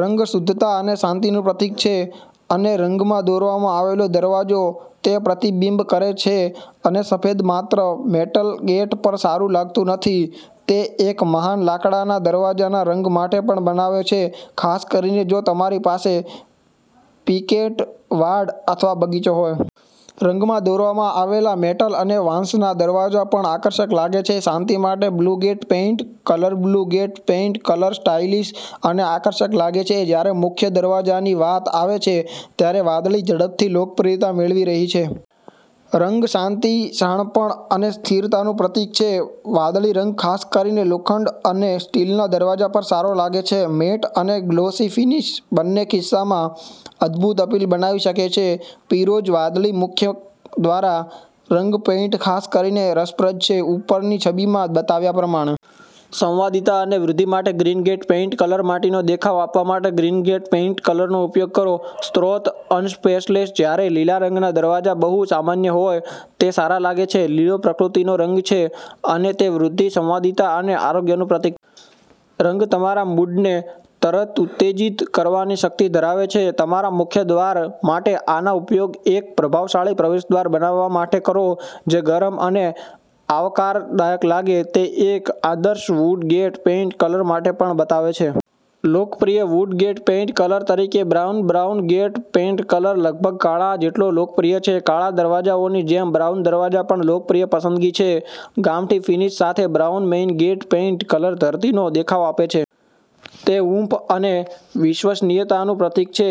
રંગ શુદ્ધતા અને શાંતિનું પ્રતીક છે અને રંગમાં દોરવામાં આવેલો દરવાજો તે પ્રતિબિંબિત કરે છે. અને સફેદ માત્ર મેટલ ગેટ પર સારું લાગતું નથી. તે એક મહાન લાકડાના દરવાજાના રંગ માટે પણ બનાવે છે, ખાસ કરીને જો તમારી પાસે પિકેટ વાડ અથવા બગીચો હોય. રંગમાં દોરવામાં આવેલા મેટલ અને વાંસના દરવાજા પણ આકર્ષક લાગે છે. શાંતિ માટે blue gate paint colour blue gate paint colour stylish અને આકર્ષક લાગે છે જ્યારે મુખ્ય દરવાજાની વાત આવે છે ત્યારે વાદળી ઝડપથી લોકપ્રિયતા મેળવી રહી છે. રંગ શાંતિ, શાણપણ અને સ્થિરતાનું પ્રતીક છે. વાદળી રંગ ખાસ કરીને લોખંડ અને સ્ટીલના દરવાજા પર સારો લાગે છે. મેટ અને ગ્લોસી ફિનીશ બંનેકિસ્સામાં અદભૂત અપીલ બનાવી શકે છે. પીરોજ વાદળી મુખ્ય દ્વાર રંગ પેઇન્ટ ખાસ કરીને રસપ્રદ છે, ઉપરની છબીમાં બતાવ્યા પ્રમાણે. સંવાદિતા અને વૃદ્ધિ માટે ગ્રીન ગેટ પેઇન્ટ કલર માટીનો દેખાવ આપવા માટે ગ્રીન ગેટ પેઇન્ટ કલરનો ઉપયોગ કરો સ્રોતઅનસ્પ્લેશજ્યારે લીલા રંગના દરવાજા બહુ સામાન્યહોય, તે સારા લાગે છે. લીલોપ્રકૃતિનો રંગ છે અને તે વૃદ્ધિ, સંવાદિતા અને આરોગ્યનું પ્રતીક છે. રંગ તમારા મૂડને તરત ઉત્તેજીત કરવાની શક્તિ ધરાવે છે. તમારા મુખ્ય દ્વાર માટે આનો ઉપયોગ એક પ્રભાવશાળી પ્રવેશદ્વાર બનાવવા માટે કરો જે ગરમ અને આવકારદાયક લાગે. તે એક આદર્શ વુડ ગેટ પેઇન્ટ કલર માટે પણ બતાવે છે. લોકપ્રિય વુડ ગેટ પેઇન્ટ કલર તરીકે brown brown gate paint colour લગભગ કાળા જેટલો લોકપ્રિય છે કાળા દરવાજાઓની જેમ, બ્રાઉન દરવાજા પણ લોકપ્રિય પસંદગી છે. ગામઠી ફિનિશ સાથે brown main gate paint colour ધરતીનો દેખાવ આપે છે. તે હૂંફ અને વિશ્વસનીયતાનું પ્રતીક છે.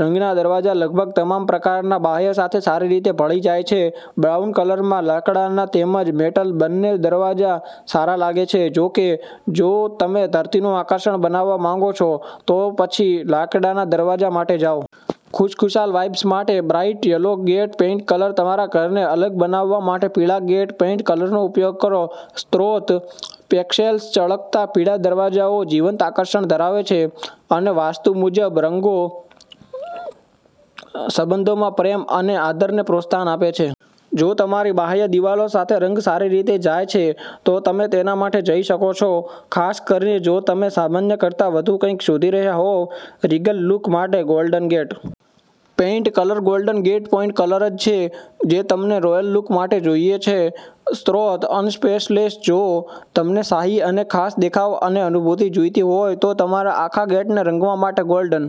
રંગના દરવાજા લગભગ તમામ પ્રકારના બાહ્ય સાથે સારી રીતે ભળી જાય છે. બ્રાઉન કલરમાં લાકડાના તેમજ મેટલ બંને દરવાજા સારા લાગે છે. જો કે, જો તમે ધરતીનું આકર્ષણ બનાવવા માંગો છો, તો પછી લાકડાના દરવાજા માટે જાઓ. ખુશખુશાલ વાઇબ્સ માટે bright yellow gate paint colour તમારા ઘરને અલગ બનાવવા માટે પીળા ગેટ પેઇન્ટ કલરનો ઉપયોગ કરો સ્રોત પેક્સેલ્સ ચળકતા પીળા દરવાજાઓ જીવંત આકર્ષણ ધરાવે છે, અને વાસ્તુ મુજબ, રંગો સંબંધોમાં પ્રેમ અને આદરને પ્રોત્સાહન આપે છે. જો તમારી બાહ્ય દિવાલો સાથે રંગ સારી રીતે જાય છે, તો તમે તેના માટે જઈ શકો છો, ખાસ કરીને જો તમે સામાન્ય કરતાં વધુ કંઈક શોધી રહ્યાં હોવ. રીગલ લુક માટે golden gate paint colour golden gate paint કલરજ છે જે તમને રોયલ લુક માટે જોઈએ છે સ્રોતઅનસ્પ્લેશજો તમને શાહી અને ખાસ દેખાવ અને અનુભૂતિ જોઈતી હોય તો તમારા આખા ગેટને રંગવા માટે ગોલ્ડન